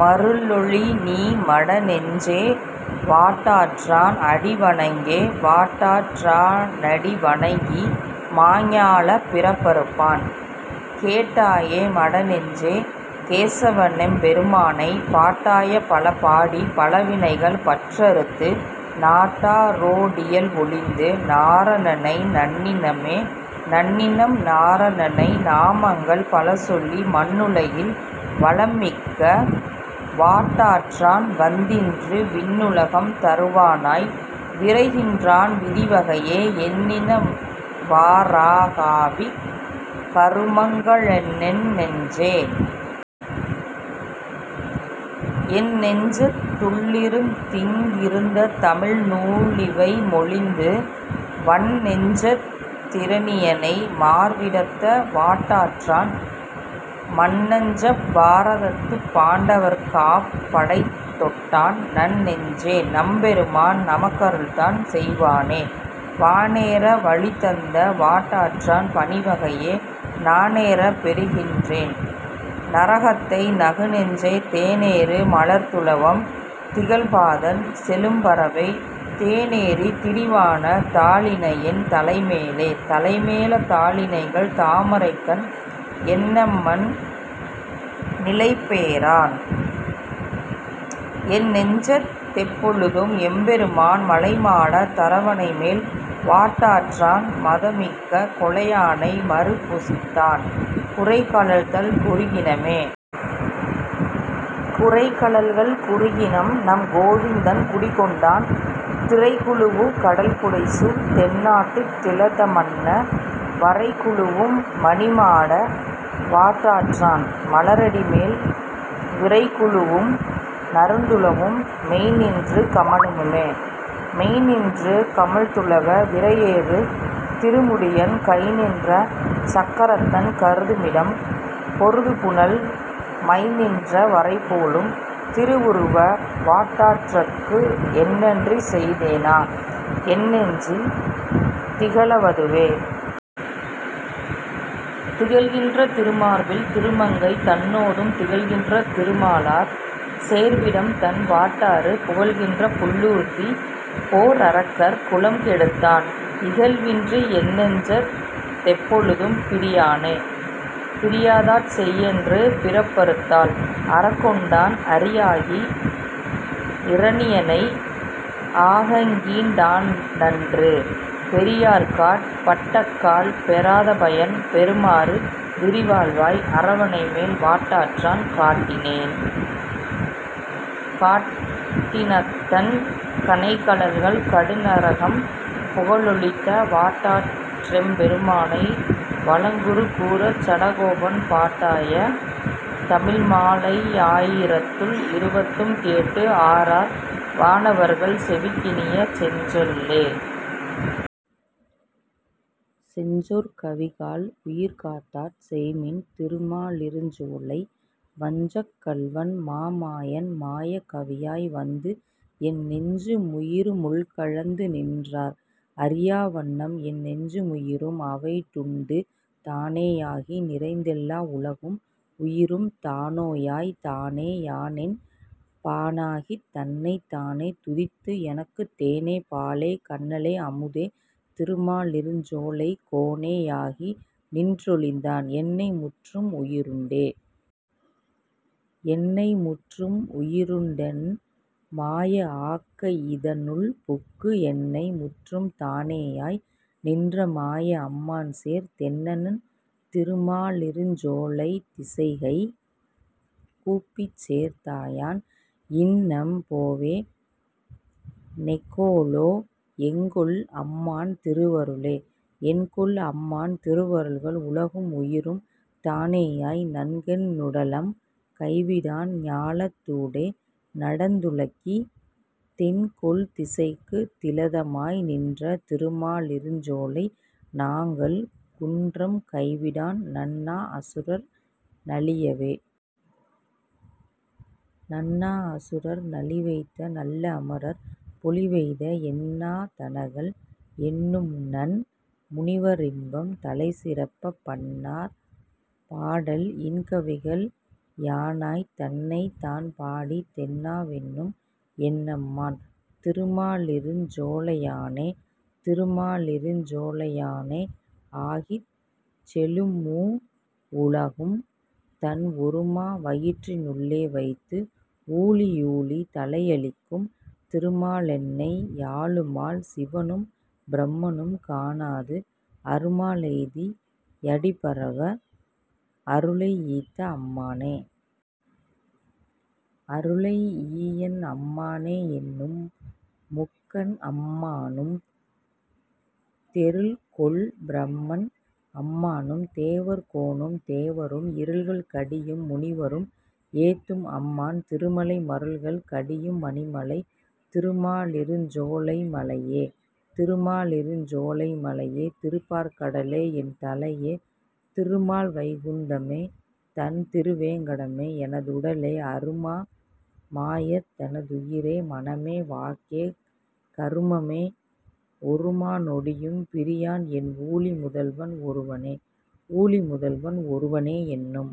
மருளொழிநீ மடநெஞ்சே. வாட்டாற்றான் அடிவணங்கே.. வாட்டாற்றா னடிவணங்கி மாஞாலப் பிறப்பறுப்பான் கேட்டாயே மடநெஞ்சே. கேசவனெம் பெருமானை பாட்டாய பலபாடிப் பழவினைகள் பற்றறுத்து நாட்டாரோ டியல்வொழிந்து நாரணனை நண்ணினமே.. நண்ணினம் நாரணனை நாமங்கள் பலசொல்லி மண்ணுலகில் வளம்மிக்க வாட்டாற்றான் வந்தின்று விண்ணுலகம் தருவானாய் விரைகின்றான் விதிவகையே எண்ணினவா றாகாவிக் கருமங்க ளென்னெஞ்சே.. என்னெஞ்சத் துள்ளிருந்திங் கிருந்தமிழ்நூலிவைமொழிந்து வன்னெஞ்சத் திரணியனை மார்விடந்த வாட்டாற்றான் மன்னஞ்சப் பாரதத்துப் பாண்டவர்க்காப் படைதொட்டான் நன்னெஞ்சே. நம்பெருமான் நமக்கருள்தான் செய்வானே.. வானேற வழிதந்த வாட்டாற்றான் பணிவகையே நானேறப் பெறுகின்றென் நரகத்தை நகுநெஞ்சே தேனேறு மலர்த்துளவம் திகழ்பாதன் செழும்பறவை தேனேறித் திரிவான தாளிணையென் தலைமேலே.. தலைமேல தாளிணைகள் தாமரைக்கண் என்னம்மன் நிலைபேரான் என்நெஞ்சத் தெப்பொழுதும் எம்பெருமான் மலைமாடத் தரவணைமேல் வாட்டாற்றான் மதமிக்க கொலையானை மருப்பொசித்தான் குரைகழல்தள் குறுகினமே.. குரைகழல்கள் குறுகினம் நம் கோவிந்தன் குடிகொண்டான் திரைகுழுவு கடல்புடைசூழ் தென்னாட்டுத் திலதமன்ன வரைகுழுவும் மணிமாட வாட்டாற்றான் மலரடிமேல் விரைகுழுவும் நறுந்துளவம் மெய்ந்நின்று கமழுமே.. மெய்ந்நின்று கமழ்துளவ விரையேறு திருமுடியன் கைந்நின்ற சக்கரத்தன் கருதுமிடம் பொருதுபுனல் மைந்நின்ற வரைபோலும் திருவுருவ வாட்டாற்றாற்கு எந்நன்றி செய்தேனா என்னெஞ்சில் திகழவதுவே?. திகழ்கின்ற திருமார்பில் திருமங்கை தன்னோடும் திகழ்கின்ற திருமாலார் சேர்விடம்தண் வாட்டாறு புகழ்கின்ற புள்ளூர்தி போரரக்கர் குலம்கெடுத்தான் இகழ்வின்றி என்னெஞ்சத் தெப்பொழுதும் பிரியானே.. பிரியாதாட் செய்யென்று பிறப்பறுத்தாள் அறக்கொண்டான் அரியாகி இரணியனை ஆகங்கீண் டானன்று பெரியார்க்காட் பட்டக்கால் பெறாதபயன் பெறுமாறு வரிவாள்வாய் அரவணைமேல் வாட்டாற்றான் காட்டினனே.. காட்டித்தன் கனைகழல்கள் கடுநரகம் புகலொழித்த வாட்டாற்றெம் பெருமானை வளங்குருகூர்ச் சடகோபன் பாட்டாய தமிழ்மாலை யாயிரத்துள் இப்பத்தும் கேட்டு ஆரார் வானவர்கள் செவிக்கினிய செஞ்சொல்லே. செங்சொற் கவிகாள். உயிர்காத்தாட் செய்மின் திருமா லிருஞ்சோலை வஞ்சக் கள்வன் மாமாயன் மாயக் கவியாய் வந்து என் நெஞ்சு முயிரு முள்கலந்து நின்றார் அறியா வண்ணம் என் நெஞ்சு முயிரும் அவைடுண்டு தானே யாகி நிறைந்தெல்லா உலகும் உயிரும் தானேயாய் தானே யானென் பானாகித் தன்னைத் தானே துதித்து எனக்குத் தேனே பாலே கன்னலே அமுதே திருமாலிருஞ்சோலை கோனே யாகி நின்றொழிந்தான் என்னை முற்றும் உயிருண்டே.. என்னை முற்றும் உயிருண்டென் மாய ஆக்கை யிதனுள்புக்கு என்னை முற்றும் தானேயாய் நின்ற மாய அம்மான் சேர் தென்னன் திருமா லிருஞ்சோலைத் திசைகை கூப்பிச் தேர்ந்தயான் இன்னம் போவே னேகொலோ. எங்கொல் அம்மான் திருவருளே?. என்கொல் அம்மான் திருவருள்கள்? உலகும் உயிரும் தானேயாய் நன்கென் னுடலம் கைவிடான் ஞாலத் தூடே நடந்துழக்கி தென்கொள் திசைக்குத் திலதமாய் நின்ற திருமாலிருஞ்சோலை நாங்கள் குன்றம் கைவிடான் நண்ணா அசுரர் நலியவே.. நண்ணா அசுரர் நலிவெய்த நல்ல அமரர் பொலிவெய்த எண்ணா தனகள் எண்ணும்நன் முனிவ ரின்பம் தலைசிறப்ப பண்ணார் பாடல் இன்கவிகள் யானாய்த் தன்னைத் தான்பாடி தென்னா வென்னும் என்னம்மான் திருமாலிருஞ்சோலையானே.. திருமாலிருஞ்சோலையானே ஆகிச் செழுமூ வுலகும் தன் ஒருமா வயிற்றி னுள்ளேவைத்து ஊழி யூழி தலையளிக்கும் திருமாலென்னை யாளுமால் சிவனும் பிரமனும்காணாது அருமா லெய்தி யடிபரவ அருளை யீந்த அம்மானே.. அருளை ஈயென் அம்மானே. என்னும் முக்கண் அம்மானும் தெருள்கொள் பிரமன் அம்மானும் தேவர் கோனும் தேவரும் இருள்கள் கடியும் முனிவரும் ஏத்தும் அம்மான் திருமலை மருள்கள் கடியும் மணிமலை திருமாலிருஞ்சோலைமலையே.. திருமாலிருஞ்சோலைமலையே திருப்பாற் கடலே என்தலையே திருமால்வைகுந்தமே தண் திருவேங்கடமே எனதுடலே அருமா மாயத் தெனதுயிரே மனமே வாக்கே கருமமே ஒருமா நொடியும் பிரியான் என் ஊழி முதல்வன் ஒருவனே.. ஊழி முதல்வன் ஒருவனே என்னும்